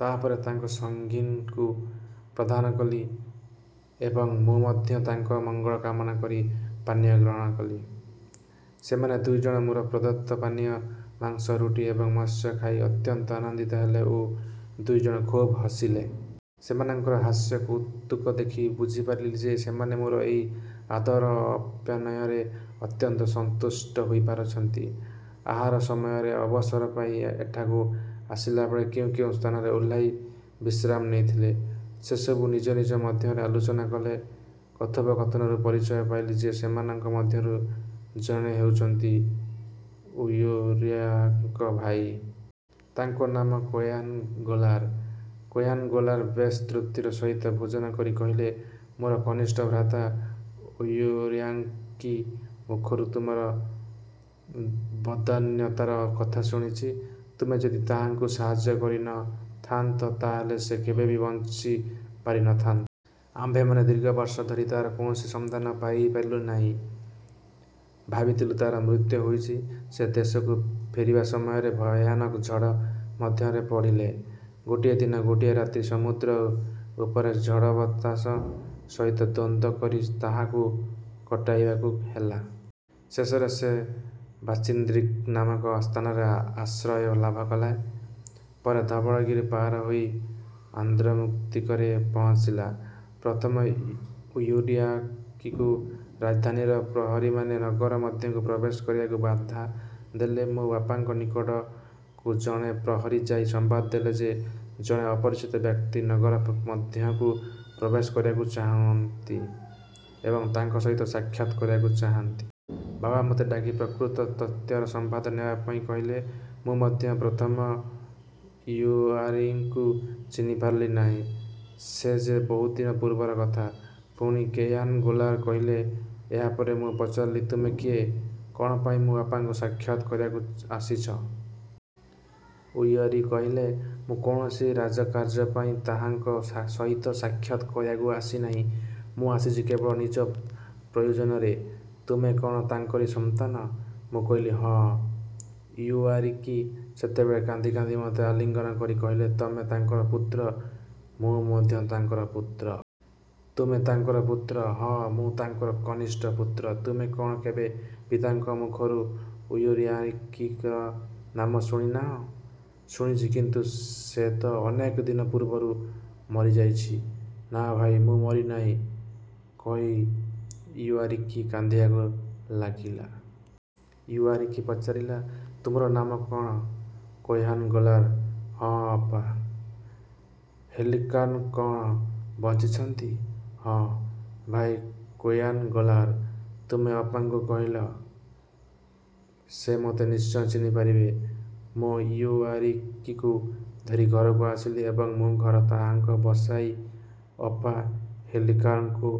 ତାହାପରେ ତାଙ୍କ ସଙ୍ଗୀକୁ ପ୍ରଦାନ କଲି ଏବଂ ମୁଁ ମଧ୍ୟ ତାହାଙ୍କ ମଙ୍ଗଳ କାମନା କରି ପାନୀୟ ଗ୍ରହଣ କଲି। ସେମାନେ ଦୁଇ ଜଣ ମୋର ପ୍ରଦତ୍ତ ପାନୀୟ, ମାଂସ, ରୁଟି ଏବଂ ମତ୍ସ୍ୟ ଖାଇ ଅତ୍ୟନ୍ତ ଆନନ୍ଦିତ ହେଲେ ଓ ଦୁଇଜଣ ଖୁବ୍ ହସିଲେ। ସେମାନଙ୍କର ହାସ୍ୟ, କୌତୁକ ଦେଖି ବୁଝିପାରିଲି ଯେ, ସେମାନେ ମୋର ଏଇ ଆଦର ଆପ୍ୟାୟନରେ ଅତ୍ୟନ୍ତ ସନ୍ତୁଷ୍ଟ ହୋଇପାରିଛନ୍ତି। ଆହାର ସମୟରେ ଅବସର ପାଇ ଏଠାକୁ ଆସିବାବେଳେ କେଉଁ କେଉଁ ସ୍ଥାନରେ ଓହ୍ଲାଇ ବିଶ୍ରାମ ନେଇଥିଲେ, ସେସବୁ ନିଜ ନିଜ ମଧ୍ୟରେ ଆଲୋଚନା କଲେ। କଥୋପକଥନରୁ ପରିଚୟ ପାଇଲି ଯେ, ଏମାନଙ୍କ ମଧ୍ୟରୁ ଜଣେ ହେଉଛନ୍ତି ଇଉଓୟାରକିଙ୍କ ଭାଇ। ତାଙ୍କ ନାମ କୋୟାନ ଗୋଲାର। କୋୟାନ ଗୋଲାର ବେଶ୍ ତୃପ୍ତିର ସହିତ ଭୋଜନ କରି କହିଲେ, ''ମୋର କନିଷ୍ଠ ଭ୍ରାତା ଇଉଓୟାରକି ମୁଖରୁ ତୁମର ବଦାନ୍ୟତାର କଥା ଶୁଣିଛି, ତୁମେ ଯଦି ତାହାଙ୍କୁ ସାହାଯ୍ୟ କରି ନ ଥାଆନ୍ତ, ତାହାହେଲେ ସେ କେବେ ବଞ୍ଚି ପାରି ନ ଥାନ୍ତା। ଆମ୍ଭେମାନେ ଦୀର୍ଘ ବର୍ଷ ଧରି ତାହାର କୌଣସି ସମ୍ବାଦ ପାଇପାରିଲୁ ନାହିଁ। ଭାବିଥିଲୁ ତାହାର ମୃତ୍ୟୁ ହୋଇଛି। ସେ ଦେଶକୁ ଫେରିବା ସମୟରେ ଭୟାନକ ଝଡ଼ ମଧ୍ୟରେ ପଡ଼ିଲେ। ଗୋଟିଏ ଦିନ ଗୋଟିଏ ରାତି ସମୁଦ୍ର ଉପରେ ଝଡ଼ବତାସ ସହିତ ଦ୍ୱନ୍ଦ୍ୱ କରି ତାହାକୁ କଟାଇବାକୁ ହେଲା। ଶେଷରେ ସେ ବାତିନ୍ଦ୍ରିକ୍ ନାମକ ସ୍ଥାନରେ ଆଶ୍ରୟ ଲାଭ କଲା। ପରେ ଧବଳଗିରି ପାର ହୋଇ ଆନ୍ଦ୍ରୁମ୍ସ୍ତକିତରେ ପହଞ୍ଚିଲା। '' ''ପ୍ରଥମେ ଇଉଓୟାରକିକୁ ରାଜଧାନୀର ପ୍ରହରୀମାନେ ନଗର ମଧ୍ୟକୁ ପ୍ରବେଶ କରିବାକୁ ବାଧା ଦେଲେ। ମୋ ବାପାଙ୍କ ନିକଟକୁ ଜଣେ ପ୍ରହରୀ ଯାଇ ସମ୍ବାଦ ଦେଲା ଯେ; ଜଣେ ଅପରିଚିତ ବ୍ୟକ୍ତି ନଗର ମଧ୍ୟକୁ ପ୍ରବେଶ କରିବାକୁ ଚାହାନ୍ତି ଏବଂ ତାଙ୍କ ସହିତ ସାକ୍ଷାତ କରିବାକୁ ଚାହାନ୍ତି। ବାବା ମୋତେ ଡାକି ପ୍ରକୃତ ତଥ୍ୟର ସମ୍ବାଦ ନେବାପାଇଁ କହିଲେ। ମୁଁ ମଧ୍ୟ ପ୍ରଥମେ ଇଉଓୟାରକିକୁ ଚହ୍ନିପାରିଲି ନାହିଁ। ସେ ଯେ ବହୁଦିନ ପୂର୍ବର କଥା। '' ପୁଣି କୋୟାନ୍ ଗୋଲାର କହିଲେ ''ଏହା ପରେ ମୁଁ ପଚାରିଲି, ତୁମେ କିଏ? କ'ଣ ପାଇଁ ମୋ ବାପାଙ୍କ ସହିତ ସାକ୍ଷାତ କରିବାକୁ ଆସିଛ? '' ଇଉଓୟାରକି କହିଲେ ମୁଁ କୌଣସି ରାଜକାର୍ଯ୍ୟପାଇଁ ତାହାଙ୍କ ସହିତ ସାକ୍ଷାତ କରିବାକୁ ଆସି ନାହିଁ। ମୁଁ ଆସିଛି କେବଳ ନିଜ ପ୍ରୟୋଜନରେ। ତୁମେ କ'ଣ ତାଙ୍କରି ସନ୍ତାନ? ମୁଁ କହିଲି, ହଁ। ଇଉଓୟାରକି ସେତେବେଳେ କାନ୍ଦି କାନ୍ଦି ମୋତେ ଆଲିଙ୍ଗନ କରି କହିଲା ତମେ ତାଙ୍କର ପୁତ୍ର, ମୁଁ ମଧ୍ୟ ତାଙ୍କର ପୁତ୍ର। ତୁମେ ତାଙ୍କର ପୁତ୍ର? ହଁ, ମୁଁ ତାଙ୍କର କନିଷ୍ଠ ପୁତ୍ର। ତୁମେ କ'ଣ କେବେ ପିତାଙ୍କ ମୁଖରୁ ଇଉଓୟାରକିର ନାମ ଶୁଣି ନାହଁ? ଶୁଣିଛି, କିନ୍ତୁ ସେ ତ ଅନେକ ଦିନ ପୂର୍ବରୁ ମରିଯାଇଛି। ନା ଭାଇ, ମୁଁ ମରିନାହିଁ କହି ଇଉଓୟାରକି କାନ୍ଦିବାକୁ ଲାଗିଲା। ଇଉଓୟାରକି ପଚାରିଲା, ତୁମର ନାମ କ'ଣ କୋୟାନ ଗୋଲାର? ହଁ। ଅପା–ହେଲିକାର୍ଣ୍ଣି କ'ଣ ବଞ୍ଚି ଅଛନ୍ତି? ହଁ। ଭାଇ କୋୟାନ ଗୋଲାର। ତୁମେ ଅପାଙ୍କୁ କହିଲେ ସେ ମୋତେ ନିଶ୍ଚୟ ଚିହ୍ନିପାରିବେ। ମୁଁ ଇଉଓୟାରକିକୁ ଧରି ଘରକୁ ଆସିଲି ଏବଂ ମୋ ଘରେ ତାହାଙ୍କୁ ବସାଇ ଅପା ହେଲିକାର୍ଣ୍ଣିଙ୍କୁ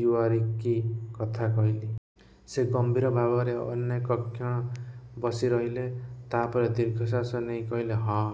ଇଉଓୟାରକି କଥା କହିଲି। ସେ ଗମ୍ଭୀର ଭାବରେ ଅନେକକ୍ଷଣ ବସିରହିଲେ। ତାହାପରେ ଦୀର୍ଘଶ୍ୱାସ ନେଇ କହିଲେ; ହଁ,